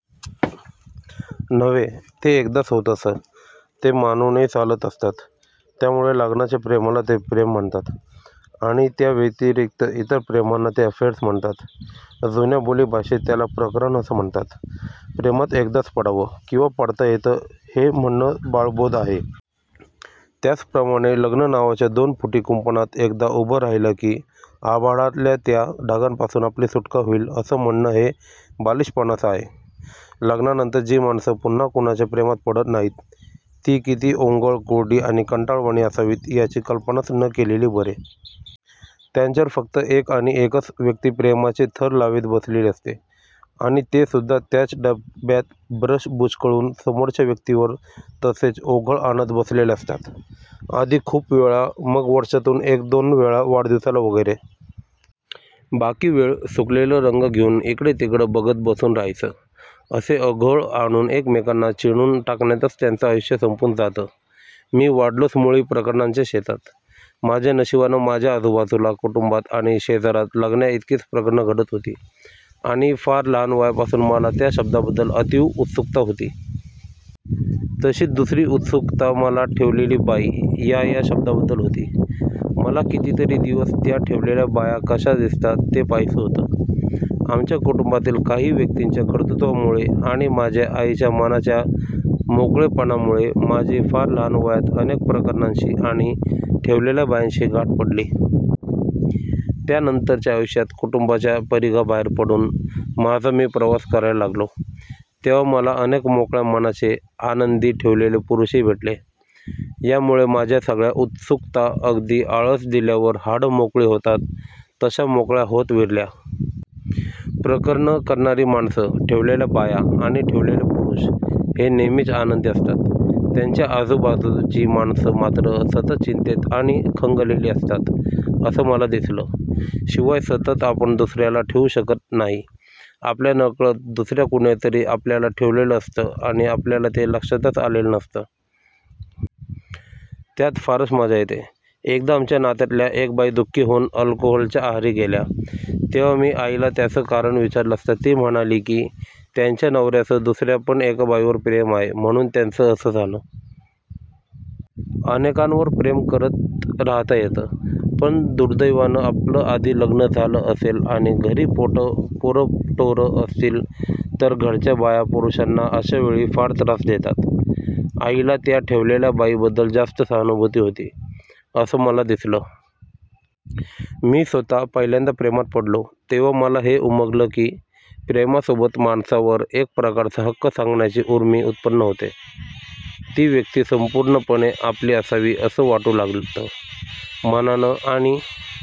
नव्हे, ते एकदाच होतं असं ते मानूनही चालत असतात. त्यामुळे लग्नाच्या प्रेमाला ते प्रेम म्हणतात आणि त्याव्यतिरिक्त इतर प्रेमांना ते अफेअर्स म्हणतात. जुन्या बोली भाषेत त्याला प्रकरण असं म्हणतात. प्रेमात एकदाच पडावं किंवा पडता येतं हे म्हणणं बाळबोध आहे. त्याचप्रमाणे लग्न नावाच्या दोन फुटी कुंपणात एकदा उभं राहिलं की, आभाळातल्या त्या ढगांपासून आपली सुटका होईल असं म्हणणं हे बालीशपणाचं आहे. लग्नानंतर जी माणसं पुन्हा कुणाच्या प्रेमात पडत नाहीत ती किती ओंगळ, कोरडी आणि कंटाळवाणी असावीत याची कल्पनाच न केलेली बरी. त्यांच्यावर फक्त एक आणि एकच व्यक्ती प्रेमाचे थर लावीत बसलेली असते आणि तेसुद्धा त्याच डब्यात ब्रश बुचकळून समोरच्या व्यक्तीवर तसेच ओघळ आणत बसलेले असतात. आधी खूप वेळा, मग वर्षातून एक दोन वेळा वाढदिवसाला वगैरे. बाकी वेळ सुकलेले रंग घेऊन इकडेतिकडे बघत बसून राहायचं. असे ओघळ आणून एकमेकांना चिणून टाकण्यातच त्यांचं आयुष्य संपून जातं. मी वाढलोच मुळी प्रकरणांच्या शेतात. माझ्या नशिबानं माझ्या आजूबाजूला, कुटुंबात आणि शेजारात लग्नांइतकीच प्रकरणं घडत होती आणि फार लहान वयापासून मला त्या शब्दाबद्दल अतीव उत्सुकता होती. तशीच दुसरी उत्सुकता मला ठेवलेली बाई या या शब्दाबद्दल होती. मला कितीतरी दिवस त्या ठेवलेल्या बाया कशा दिसतात ते पाहायचं होतं. आमच्या कुटुंबातील काही व्यक्तींच्या कर्तृत्वामुळे आणि माझ्या आईच्या मनाच्या मोकळेपणामुळे माझी फार लहान वयात अनेक प्रकरणांशी आणि ठेवलेल्या बायांशी गाठ पडली. त्यानंतरच्या आयुष्यात कुटुंबाच्या परिघाबाहेर पडून माझा मी प्रवास करायला लागलो तेव्हा मला अनेक मोकळ्या मनाचे, आनंदी ठेवलेले पुरुषही भेटले. यामुळे माझ्या सगळ्या उत्सुकता अगदी आळस दिल्यावर हाडं मोकळी होतात तशा मोकळ्या होत विरल्या. प्रकरणं करणारी माणसं, ठेवलेल्या बाया आणि ठेवलेले पुरुष हे नेहमीच आनंदी असतात. त्यांच्या आजूबाजूची माणसं मात्र सतत चिंतेत आणि खंगलेली असतात, असं मला दिसलं. शिवाय सतत आपण दुसऱ्याला ठेवू शकत नाही. आपल्या नकळत दुसऱ्या कुणीतरी आपल्याला ठेवलेलं असतं आणि आपल्याला ते लक्षातच आलेलं नसतं. त्यात फारच मजा येते. एकदा आमच्या नात्यातल्या एक बाई दुःखी होऊन अल्कोहोलच्या आहारी गेल्या, तेव्हा मी आईला त्याचं कारण विचारलं असता ती म्हणाली की, त्यांच्या नवऱ्याचं दुसर्यापण एका बाईवर प्रेम आहे म्हणून त्यांचं असं झालं. अनेकांवर प्रेम करत राहता येतं. पण दुर्दैवानं आपलं आधी लग्न झालं असेल आणि घरी पोरंटोरं असतील तर घरच्या बाया पुरुषांना अशावेळी फार त्रास देतात. आईला त्या ठेवलेल्या बाईबद्दल जास्त सहानुभूती होती असं मला दिसलं. मी स्वतः पहिल्यांदा प्रेमात पडलो तेव्हा मला हे उमगलं की, प्रेमासोबत माणसावर एक प्रकारचा हक्क सांगण्याची ऊर्मी उत्पन्न होते. ती व्यक्ती संपूर्णपणे आपली असावी असं वाटू लागतं, मनानं आणि